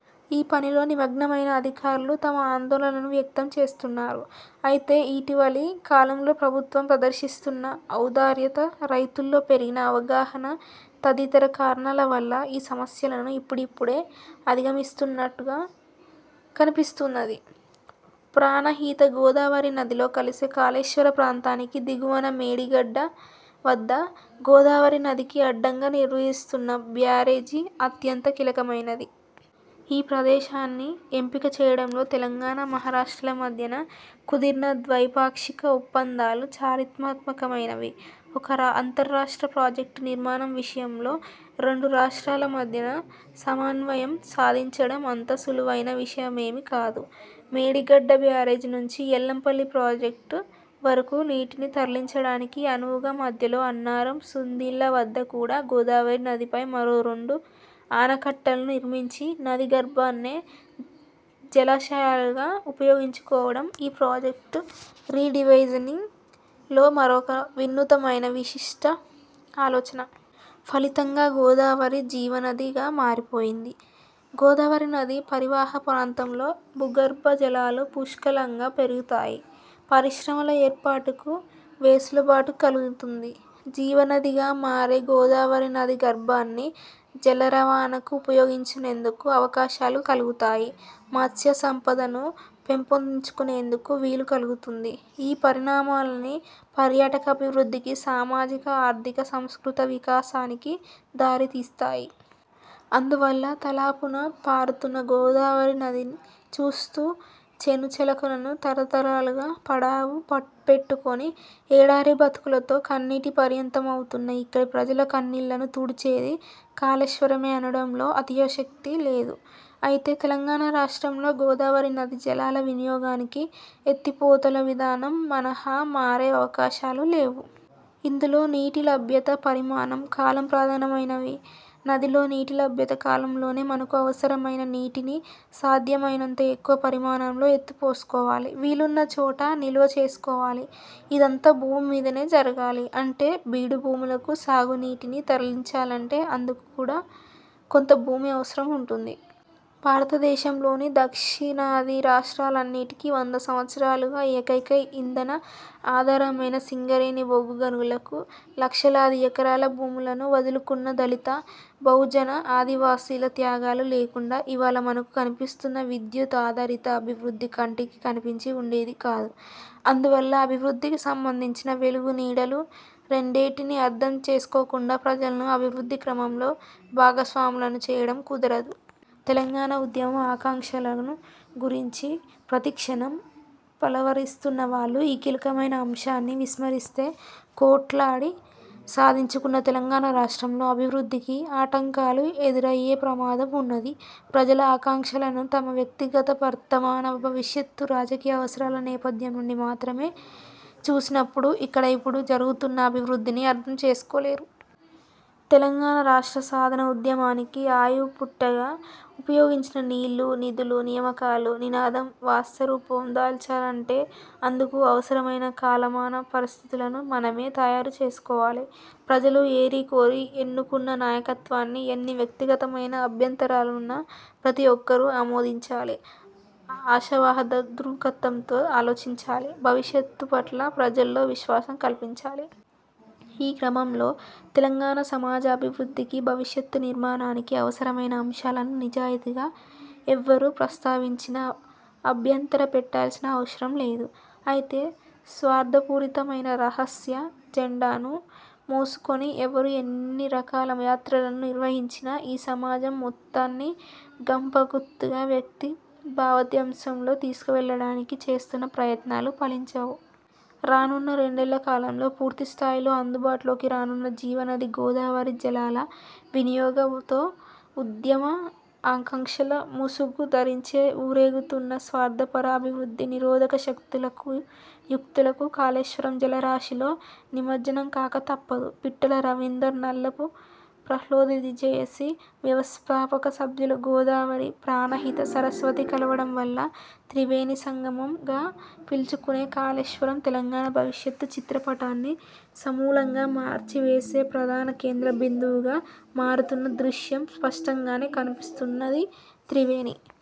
ఈ పనిలో నిమగ్నమైన అధికారులు తమ ఆందోళనలను వ్యక్తం చేస్తున్నారు. అయితే ఇటీవలి కాలంలో ప్రభుత్వం ప్రదర్శిస్తున్న ఔదార్యత, రైతుల్లో పెరిగిన అవగాహన తదితర కారణాల వల్ల ఈ సమస్యలను ఇప్పుడిప్పుడే అధిగమిస్తున్నట్లు కనిపిస్తున్నది. ప్రాణహిత గోదావరి నదిలో కలిసే కాళేశ్వర ప్రాంతానికి దిగువన మేడిగడ్డ వద్ద గోదావరి నదికి అడ్డంగా నిర్మిస్తున్న బ్యారేజీ అత్యంత కీలకమైనది. ఈ ప్రదేశాన్ని ఎంపిక చేయడంలో తెలంగాణ, మహారాష్ట్రల మధ్యన కుదిరిన ద్వైపాక్షిక ఒప్పందాలు చరిత్రాత్మకమైనవి. ఒక అంతర్రాష్ట్ర ప్రాజెక్టు నిర్మాణం విషయంలో రెండు రాష్ట్రాల మధ్యన సమన్వయం సాధించడం అంత సులువైన విషయమేమీ కాదు. మేడిగడ్డ బ్యారేజీ నుంచి ఎల్లంపల్లి ప్రాజెక్టు వరకు నీటిని తరలించడానికి అనువుగా మధ్యలో అన్నారం, సుందిళ్ల వద్ద కూడా గోదావరి నదిపై మరో రెండు ఆనకట్టలను నిర్మించి నది గర్భాన్నే జలాశయాలుగా ఉపయోగించుకోవడం ఈ ప్రాజెక్టు 'రీ–డిజైనింగ్'లో మరొక వినూత్నమైన విశిష్ట ఆలోచన. ఫలితంగా గోదావరి 'జీవనది'గా మారిపోతుంది. గోదావరి నదీ పరివాహక ప్రాంతాల్లో భూగర్భ జలాలు పుష్కలంగా పెరుగుతాయి. పరిశ్రమల ఏర్పాటుకు వెసులుబాటు కలుగుతుంది. 'జీవనది'గా మారే గోదావరి నది గర్భాన్ని జలరవాణాకు ఉపయోగించుకునేందుకు అవకాశాలు కలుగుతాయి. మత్స్య సంపదను పెంపొందించుకునేందుకు వీలు కలుగుతుంది. ఈ పరిణామాలన్నీ పర్యాటక అభివృద్ధికి, సామాజిక, ఆర్థిక, సాంస్కృతిక వికాసానికి దారితీస్తాయి. అందువల్ల తలాపునా పారుతున్న గోదావరి నదిని చూస్తూ, చేనుచెలకలను తరతరాలుగా పడావు పెట్టుకుని ఎడారి బతుకులతో కన్నీటి పర్యంతమవుతున్న ఇక్కడి ప్రజల కన్నీళ్లను తుడిచేది కాళేశ్వరమే అనడంలో అతిశయోక్తి లేదు! అయితే తెలంగాణ రాష్ట్రంలో గోదావరి నదీ జలాల వినియోగానికి ఎత్తిపోతల విధానం మినహా మరే అవకాశాలు లేవు. ఇందులో నీటి లభ్యత పరిమాణం, కాలం ప్రధానమైనవి. నదిలో నీటి లభ్యత కాలంలోనే మనకు అవసరమైన నీటిని, సాధ్యమైనంత ఎక్కువ పరిమాణంలో ఎత్తిపోసుకోవాలి. వీలున్న చోట నిలువ చేసుకోవాలి. ఇదంతా భూమి మీదనే జరగాలి. అంటే బీడు భూములకు సాగునీటిని తరలించాలంటే అందుకు కూడా కొంత భూమి అవసరం ఉంటుంది. భారతదేశంలోని దక్షిణాది రాష్ట్రాలన్నింటికీ వంద సంవత్సరాలుగా ఏకైక ఇంధన ఆధారమైన సింగరేణి బొగ్గు గనులకు లక్షలాది ఎకరాల భూములను వదులుకున్న దళిత, బహుజన, ఆదివాసీల త్యాగాలు లేకుండా ఇవాళ మనకు కనిపిస్తున్న విద్యుత్ ఆధారిత అభివృద్ధి కంటికి కనిపించి ఉండేది కాదు. అందువల్ల అభివృద్ధికి సంబంధించిన 'వెలుగు – నీడలు' రెండింటినీ అర్థం చేసుకోకుండా ప్రజలను అభివృద్ధి క్రమంలో భాగస్వాములను చేయడం కుదరదు. తెలంగాణ ఉద్యమ ఆకాంక్షలను గురించి ప్రతిక్షణం పలవరిస్తున్న వాళ్లు ఈ కీలకమైన అంశాన్ని విస్మరిస్తే కొట్లాడి సాధించుకున్న తెలంగాణ రాష్ట్రంలో అభివృద్ధికి ఆటంకాలు ఎదురయ్యే ప్రమాదం ఉన్నది. ప్రజల ఆకాంక్షలను తమ వ్యక్తిగత, వర్తమాన, భవిష్యత్తు రాజకీయ అవసరాల నేపథ్యం నుండి మాత్రమే చూసినప్పుడు ఇక్కడ ఇప్పుడు జరుగుతున్న అభివృద్ధిని అర్థం చేసుకోలేరు. తెలంగాణ రాష్ట్ర సాధన ఉద్యమానికి ఆయువుపూట్టుగా ఉపయోగించిన 'నీళ్లు, నిధులు, నియామకాలు' నినాదం వాస్తవరూపం దాల్చాలంటే అందుకు అవసరమైన కాలమాన పరిస్థితులను మనమే తయారు చేసుకోవాలి. ప్రజలు ఏరికోరి ఎన్నుకున్న నాయకత్వాన్ని ఎన్ని వ్యక్తిగతమైన అభ్యంతరాలున్నా ప్రతిఒక్కరూ ఆమోదించాలి. ఆశావహ దృక్పథంతో ఆలోచించాలి. భవిష్యత్తుపట్ల ప్రజల్లో విశ్వాసం కల్పించాలి. ఈ క్రమంలో తెలంగాణ సమాజ అభివృద్ధికి, భవిష్యత్తు నిర్మాణానికి అవసరమైన ఆంశాలను నిజాయితీగా ఎవ్వరు ప్రస్తావించినా అభ్యంతర పెట్టాల్సిన అవసరం లేదు. అయితే స్వార్థపూరితమైన రహస్య ఎజెండాను మోసుకుని ఎవరు ఎన్నిరకాల యాత్రలను నిర్వహించినా ఈ సమాజం మొత్తాన్ని గంపగుత్తగా వ్యక్తి భావదాస్యంలోకి తీసుకువెళ్లడానికి చేస్తున్న ప్రయత్నాలు ఫలించవు! రానున్న రెండేళ్ల కాలంలో పూర్తిస్థాయిలో అందుబాటులోకి రానున్న జీవనది గోదావరి జలాల వినియోగంతోఉద్యమ ఆకాంక్షల ముసుగు ధరించి ఊరేగుతున్న స్వార్థపర అభివృద్ధి నిరోధక శక్తుల కుయుక్తులు కాళేశ్వరం 'జలరాశి'లో నిమజ్జనం కాక తప్పదు. పిట్టల రవీందర్, నల్లపు ప్రహ్లాద్టీజేయేసీ వ్యవస్థాపక సభ్యులుగోదావరి, ప్రాణహిత, సరస్వతి కలవడం వల్ల ''త్రివేణి సంగమం''గా పిలుచుకునే ''కాళేశ్వరం'' తెలంగాణ భవిష్యత్తు చిత్రపటాన్ని సమూలంగా మార్చివేసే ప్రధాన కేంద్ర బిందువుగా మారుతున్న దృశ్యం స్పష్టంగానే కనిపిస్తున్నది. త్రివేణి